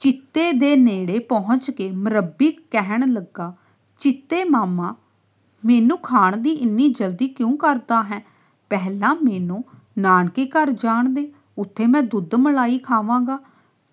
ਚੀਤੇ ਦੇ ਨੇੜੇ ਪਹੁੰਚ ਕੇ ਮਰੱਬੀ ਕਹਿਣ ਲੱਗਾ, "ਚੀਤੇ ਮਾਮਾ, ਮੈਨੂੰ ਖਾਣ ਦੀ ਇੰਨੀ ਜਲਦੀ ਕਿਉਂ ਕਰਦਾ ਹੈਂ? ਪਹਿਲਾਂ ਮੈਨੂੰ ਨਾਨਕੇ ਘਰ ਜਾਣ ਦੇ। ਉੱਥੇ ਮੈਂ ਦੁੱਧ-ਮਲਾਈ ਖਾਵਾਂਗਾ,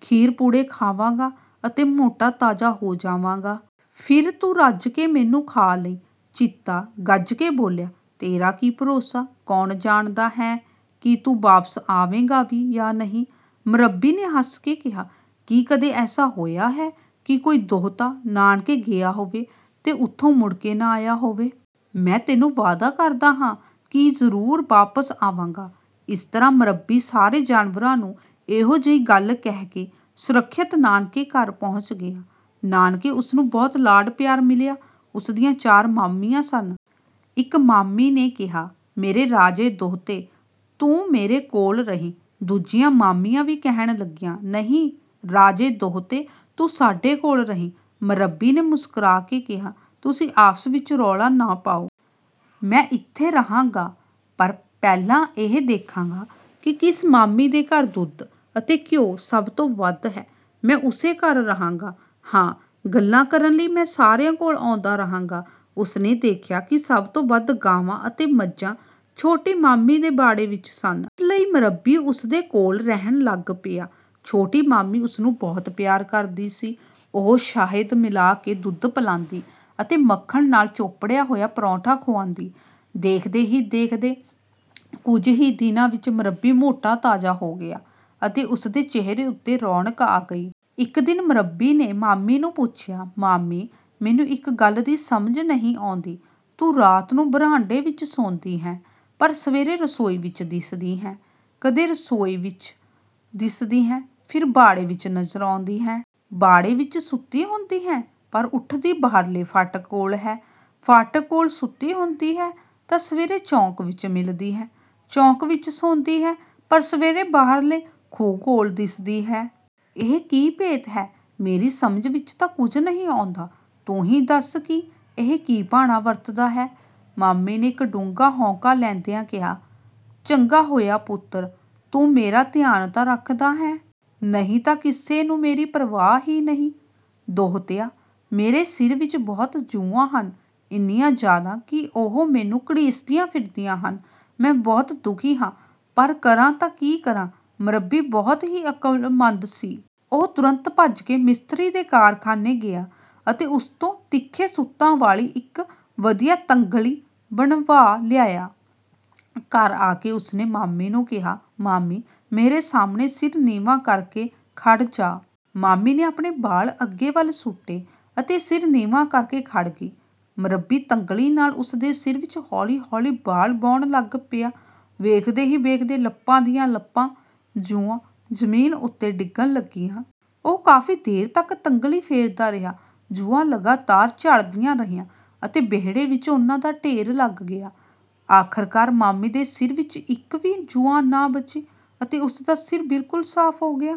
ਖੀਰ-ਪੂੜੇ ਖਾਵਾਂਗਾ ਅਤੇ ਮੋਟਾ-ਤਾਜ਼ਾ ਹੋ ਜਾਵਾਂਗਾ। ਫਿਰ ਤੂੰ ਰੱਜ ਕੇ ਮੈਨੂੰ ਖਾ ਲਈਂ।" ਚੀਤਾ ਗੱਜ ਕੇ ਬੋਲਿਆ, "ਤੇਰਾ ਕੀ ਭਰੋਸਾ? ਕੌਣ ਜਾਣਦਾ ਹੈ ਕਿ ਤੂੰ ਵਾਪਸ ਆਵੇਂਗਾ ਵੀ ਜਾਂ ਨਹੀਂ?" ਮਰੱਬੀ ਨੇ ਹੱਸ ਕੇ ਕਿਹਾ, "ਕੀ ਕਦੇ ਐਸਾ ਹੋਇਆ ਹੈ ਕਿ ਕੋਈ ਦੋਹਤਾ ਨਾਨਕੇ ਗਿਆ ਹੋਵੇ ਤੇ ਉੱਥੋਂ ਮੁੜ ਕੇ ਨਾ ਆਇਆ ਹੋਵੇ? ਮੈਂ ਤੈਨੂੰ ਵਾਅਦਾ ਕਰਦਾ ਹਾਂ ਕਿ ਜ਼ਰੂਰ ਵਾਪਸ ਆਵਾਂਗਾ।" ਇਸ ਤਰ੍ਹਾਂ ਮਰੱਬੀ ਸਾਰੇ ਜਾਨਵਰਾਂ ਨੂੰ ਇਹੋ ਜਿਹੀ ਗੱਲ ਕਹਿ ਕੇ ਸੁਰੱਖਿਅਤ ਨਾਨਕੇ ਘਰ ਪਹੁੰਚ ਗਿਆ। ਨਾਨਕੇ ਉਸ ਨੂੰ ਬਹੁਤ ਲਾਡ-ਪਿਆਰ ਮਿਲਿਆ। ਉਸ ਦੀਆਂ ਚਾਰ ਮਾਮੀਆਂ ਸਨ। ਇੱਕ ਮਾਮੀ ਨੇ ਕਿਹਾ, "ਮੇਰੇ ਰਾਜੇ ਦੋਹਤੇ, ਤੂੰ ਮੇਰੇ ਕੋਲ ਰਹੀਂ।" ਦੂਜੀਆਂ ਮਾਮੀਆਂ ਵੀ ਕਹਿਣ ਲੱਗੀਆਂ, "ਨਹੀਂ, ਰਾਜੇ ਦੋਹਤੇ, ਤੂੰ ਸਾਡੇ ਕੋਲ ਰਹੀਂ।" ਮਰੱਬੀ ਨੇ ਮੁਸਕਰਾ ਕੇ ਕਿਹਾ, "ਤੁਸੀਂ ਆਪਸ ਵਿੱਚ ਰੌਲਾ ਨਾ ਪਾਓ। ਮੈਂ ਇੱਥੇ ਰਹਾਂਗਾ, ਪਰ ਪਹਿਲਾਂ ਇਹ ਦੇਖਾਂਗਾ ਕਿ ਕਿਸ ਮਾਮੀ ਦੇ ਘਰ ਦੁੱਧ ਅਤੇ ਘਿਉ ਸਭ ਤੋਂ ਵੱਧ ਹੈ। ਮੈਂ ਉਸੇ ਘਰ ਰਹਾਂਗਾ। ਹਾਂ, ਗੱਲਾਂ ਕਰਨ ਲਈ ਮੈਂ ਸਾਰਿਆਂ ਕੋਲ ਆਉਂਦਾ ਰਹਾਂਗਾ।" ਉਸ ਨੇ ਦੇਖਿਆ ਕਿ ਸਭ ਤੋਂ ਵੱਧ ਗਾਵਾਂ ਅਤੇ ਮੱਝਾਂ ਛੋਟੀ ਮਾਮੀ ਦੇ ਵਾੜੇ ਵਿੱਚ ਸਨ। ਇਸ ਲਈ ਮਰੱਬੀ ਉਸ ਦੇ ਕੋਲ ਰਹਿਣ ਲੱਗ ਪਿਆ। ਛੋਟੀ ਮਾਮੀ ਉਸ ਨੂੰ ਬਹੁਤ ਪਿਆਰ ਕਰਦੀ ਸੀ। ਉਹ ਸ਼ਹਿਦ ਮਿਲਾ ਕੇ ਦੁੱਧ ਪਿਲਾਂਦੀ ਅਤੇ ਮੱਖਣ ਨਾਲ ਚੋਪੜਿਆ ਹੋਇਆ ਪਰੌਂਠਾ ਖੁਆਉਂਦੀ। ਦੇਖਦੇ ਹੀ ਦੇਖਦੇ ਕੁਝ ਹੀ ਦਿਨਾਂ ਵਿੱਚ ਮਰੱਬੀ ਮੋਟਾ-ਤਾਜ਼ਾ ਹੋ ਗਿਆ ਅਤੇ ਉਸ ਦੇ ਚਿਹਰੇ ਉੱਤੇ ਰੌਣਕ ਆ ਗਈ। ਇੱਕ ਦਿਨ ਮਰੱਬੀ ਨੇ ਮਾਮੀ ਨੂੰ ਪੁੱਛਿਆ, "ਮਾਮੀ, ਮੈਨੂੰ ਇੱਕ ਗੱਲ ਦੀ ਸਮਝ ਨਹੀਂ ਆਉਂਦੀ। ਤੂੰ ਰਾਤ ਨੂੰ ਵਰਾਂਡੇ ਵਿੱਚ ਸੌਂਦੀ ਹੈਂ, ਪਰ ਸਵੇਰੇ ਰਸੋਈ ਵਿੱਚ ਦਿਸਦੀ ਹੈਂ। ਕਦੇ ਰਸੋਈ ਵਿੱਚ ਦਿਸਦੀ ਹੈਂ, ਫਿਰ ਵਾੜੇ ਵਿੱਚ ਨਜ਼ਰ ਆਉਂਦੀ ਹੈਂ। ਵਾੜੇ ਵਿੱਚ ਸੁੱਤੀ ਹੁੰਦੀ ਹੈਂ, ਪਰ ਉੱਠਦੀ ਬਾਹਰਲੇ ਫਾਟਕ ਕੋਲ ਹੈਂ। ਫਾਟਕ ਕੋਲ ਸੁੱਤੀ ਹੁੰਦੀ ਹੈਂ, ਤਾਂ ਸਵੇਰੇ ਚੌਂਕ ਵਿੱਚ ਮਿਲਦੀ ਹੈਂ। ਚੌਂਕ ਵਿੱਚ ਸੌਂਦੀ ਹੈਂ, ਪਰ ਸਵੇਰੇ ਬਾਹਰਲੇ ਖੂਹ ਕੋਲ ਦਿਸਦੀ ਹੈਂ। ਇਹ ਕੀ ਭੇਤ ਹੈ? ਮੇਰੀ ਸਮਝ ਵਿੱਚ ਤਾਂ ਕੁਝ ਨਹੀਂ ਆਉਂਦਾ। ਤੂੰ ਹੀ ਦੱਸ ਕਿ ਇਹ ਕੀ ਭਾਣਾ ਵਰਤਦਾ ਹੈ?"ਮਾਮੀ ਨੇ ਇੱਕ ਡੂੰਘਾ ਹਉਕਾ ਲੈਂਦਿਆਂ ਕਿਹਾ, "ਚੰਗਾ ਹੋਇਆ ਪੁੱਤਰ, ਤੂੰ ਮੇਰਾ ਧਿਆਨ ਤਾਂ ਰੱਖਦਾ ਹੈਂ। ਨਹੀਂ ਤਾਂ ਕਿਸੇ ਨੂੰ ਮੇਰੀ ਪਰਵਾਹ ਹੀ ਨਹੀਂ। ਦੋਹਤਿਆ, ਮੇਰੇ ਸਿਰ ਵਿੱਚ ਬਹੁਤ ਜੂੰਆਂ ਹਨ। ਇੰਨੀਆਂ ਜ਼ਿਆਦਾ ਕਿ ਉਹ ਮੈਨੂੰ ਘੜੀਸਦੀਆਂ ਫਿਰਦੀਆਂ ਹਨ। ਮੈਂ ਬਹੁਤ ਦੁਖੀ ਹਾਂ, ਪਰ ਕਰਾਂ ਤਾਂ ਕੀ ਕਰਾਂ?" ਮਰੱਬੀ ਬਹੁਤ ਹੀ ਅਕਲਮੰਦ ਸੀ। ਉਹ ਤੁਰੰਤ ਭੱਜ ਕੇ ਮਿਸਤਰੀ ਦੇ ਕਾਰਖਾਨੇ ਗਿਆ ਅਤੇ ਉਸ ਤੋਂ ਤਿੱਖੇ ਸੁਤਾਂ ਵਾਲੀ ਇੱਕ ਵਧੀਆ ਤੰਗਲੀ ਬਣਵਾ ਲਿਆਇਆ। ਘਰ ਆ ਕੇ ਉਸ ਨੇ ਮਾਮੀ ਨੂੰ ਕਿਹਾ, "ਮਾਮੀ, ਮੇਰੇ ਸਾਹਮਣੇ ਸਿਰ ਨੀਵਾਂ ਕਰਕੇ ਖੜ੍ਹ ਜਾ।" ਮਾਮੀ ਨੇ ਆਪਣੇ ਵਾਲ ਅੱਗੇ ਵੱਲ ਸੁੱਟੇ ਅਤੇ ਸਿਰ ਨੀਵਾਂ ਕਰਕੇ ਖੜ੍ਹ ਗਈ। ਮਰੱਬੀ ਤੰਗਲੀ ਨਾਲ ਉਸ ਦੇ ਸਿਰ ਵਿੱਚ ਹੌਲੀ-ਹੌਲੀ ਵਾਲ ਵਾਹੁਣ ਲੱਗ ਪਿਆ। ਵੇਖਦੇ ਹੀ ਵੇਖਦੇ ਲੱਪਾਂ ਦੀਆਂ ਲੱਪਾਂ ਜੂੰਆਂ ਜ਼ਮੀਨ ਉੱਤੇ ਡਿੱਗਣ ਲੱਗੀਆਂ। ਉਹ ਕਾਫ਼ੀ ਦੇਰ ਤੱਕ ਤੰਗਲੀ ਫੇਰਦਾ ਰਿਹਾ। ਜੂੰਆਂ ਲਗਾਤਾਰ ਝੜਦੀਆਂ ਰਹੀਆਂ ਅਤੇ ਵਿਹੜੇ ਵਿੱਚ ਉਨ੍ਹਾਂ ਦਾ ਢੇਰ ਲੱਗ ਗਿਆ। ਆਖ਼ਰਕਾਰ ਮਾਮੀ ਦੇ ਸਿਰ ਵਿੱਚ ਇੱਕ ਵੀ ਜੂੰਅ ਨਾ ਬਚੀ ਅਤੇ ਉਸ ਦਾ ਸਿਰ ਬਿਲਕੁਲ ਸਾਫ਼ ਹੋ ਗਿਆ।